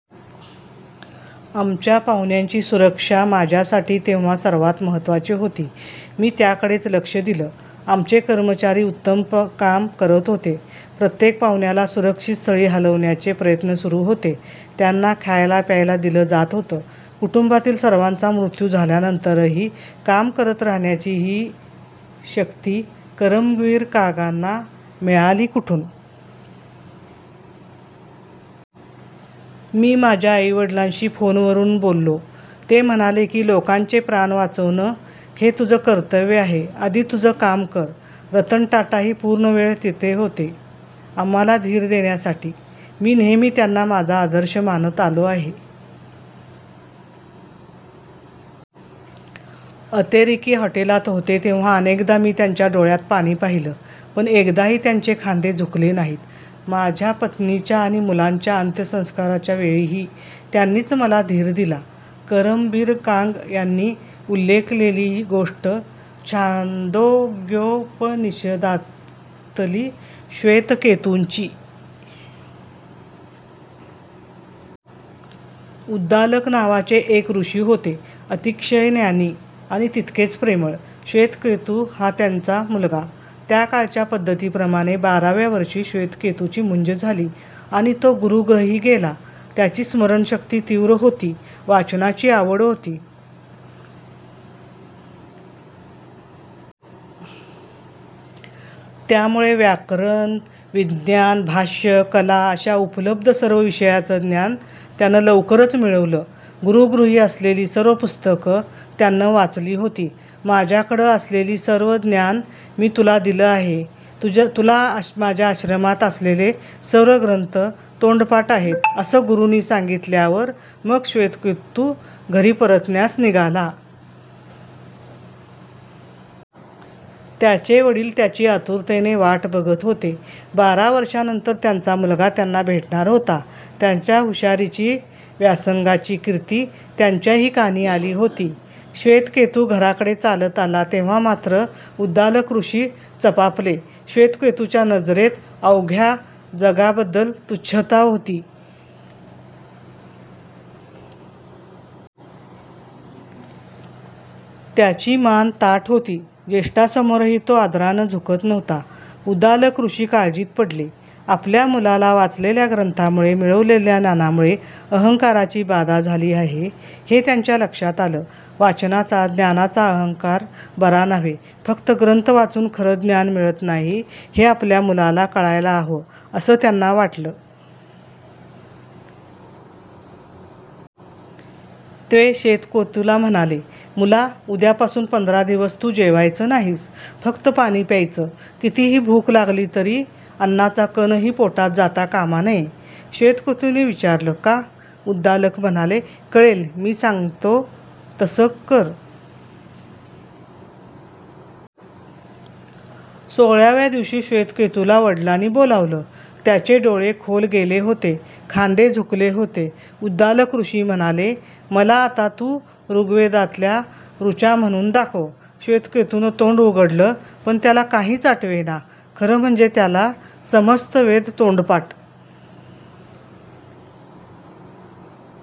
आमच्या पाहुण्यांची सुरक्षा माझ्यासाठी तेव्हा सर्वांत महत्त्वाची होती. मी त्याकडेच लक्ष दिलं. आमचे कर्मचारी उत्तम काम करत होते. प्रत्येक पाहुण्याला सुरक्षित स्थळी हलवण्याचे प्रयत्न सुरू होते. त्यांना खायलाप्यायला दिलं जात होतं. कुटुंबातील सर्वांचा मृत्यू झाल्यानंतरही काम करत राहण्याची ही शक्ती करमबीर कांगांना मिळाली कुठून? मी माझ्या आईवडिलांशी फोनवरून बोललो. ते म्हणाले की, लोकांचे प्राण वाचवणं हे तुझं कर्तव्य आहे. आधी तुझं काम कर. रतन टाटाही पूर्णवेळ तिथे होते. आम्हांला धीर देण्यासाठी. मी नेहमी त्यांना माझा आदर्श मानत आलो आहे. अतिरेकी हॉटेलात होते तेव्हा अनेकदा मी त्यांच्या डोळ्यांत पाणी पाहिलं. पण एकदाही त्यांचे खांदे झुकले नाहीत. माझ्या पत्नीच्या आणि मुलांच्या अंत्यसंस्काराच्या वेळीही त्यांनीच मला धीर दिला. करमबीर कांग यांनी उल्लेखलेली गोष्ट छांदोग्योपनिषदातली. श्वेतकेतूची. उद्दालक नावाचे एक ऋषी होते. अतिशय ज्ञानी आणि तितकेच प्रेमळ. श्वेतकेतू हा त्यांचा मुलगा. त्या काळच्या पद्धतीप्रमाणे बाराव्या वर्षी श्वेतकेतूची मुंज झाली आणि तो गुरूगृही गेला. त्याची स्मरणशक्ती तीव्र होती. वाचनाची आवड होती. त्यामुळे व्याकरण, विज्ञान, भाष्य, कला अशा उपलब्ध सर्व विषयांचं ज्ञान त्यानं लवकरच मिळवलं. गुरूगृही असलेली सर्व पुस्तकं त्यानं वाचली होती. माझ्याकडे असलेलं सर्व ज्ञान मी तुला दिलं आहे. तुला माझ्या आश्रमात असलेले सर्व ग्रंथ तोंडपाठ आहेत, असं गुरूंनी सांगितल्यावर मग श्वेतकेतू घरी परतण्यास निघाला. त्याचे वडील त्याची आतुरतेनं वाट बघत होते. बारा वर्षांनंतर त्यांचा मुलगा त्यांना भेटणार होता. त्याच्या हुशारीची, व्यासंगाची कीर्ती त्यांच्याही कानी आली होतीच. श्वेतकेतू घराकडे चालत आला तेव्हा मात्र उद्दालक ऋषी चपापले. श्वेतकेतूच्या नजरेत अवघ्या जगाबद्दल तुच्छता होती. त्याची मान ताठ होती. ज्येष्ठांसमोरही तो आदरानं झुकत नव्हता. उद्दालक ऋषी काळजीत पडले. आपल्या मुलाला वाचलेल्या ग्रंथांमुळे, मिळवलेल्या ज्ञानामुळे अहंकाराची बाधा झाली आहे, हे त्यांच्या लक्षात आलं. वाचनाचा, ज्ञानाचा अहंकार बरा नव्हे, फक्त ग्रंथ वाचून खरं ज्ञान मिळत नाही, हे आपल्या मुलाला कळायला हवं, असं त्यांना वाटलं. ते श्वेतकेतूला म्हणाले, मुला, उद्यापासून पंधरा दिवस तू जेवायचं नाहीस. फक्त पाणी प्यायचं. कितीही भूक लागली तरी अन्नाचा कणही पोटात जाता कामा नये. श्वेतकेतूनं विचारलं, का? उद्दालक म्हणाले, कळेल. मी सांगतो तसं कर. सोळाव्या दिवशी श्वेतकेतूला वडिलांनी बोलावलं. त्याचे डोळे खोल गेले होते. खांदे झुकले होते. उद्दालक ऋषी म्हणाले, मला आता तू ऋग्वेदातल्या ऋचा म्हणून दाखव. श्वेतकेतूनं तोंड उघडलं, पण त्याला काहीच आठवेना. खरं म्हणजे त्याला समस्त वेद तोंडपाठ.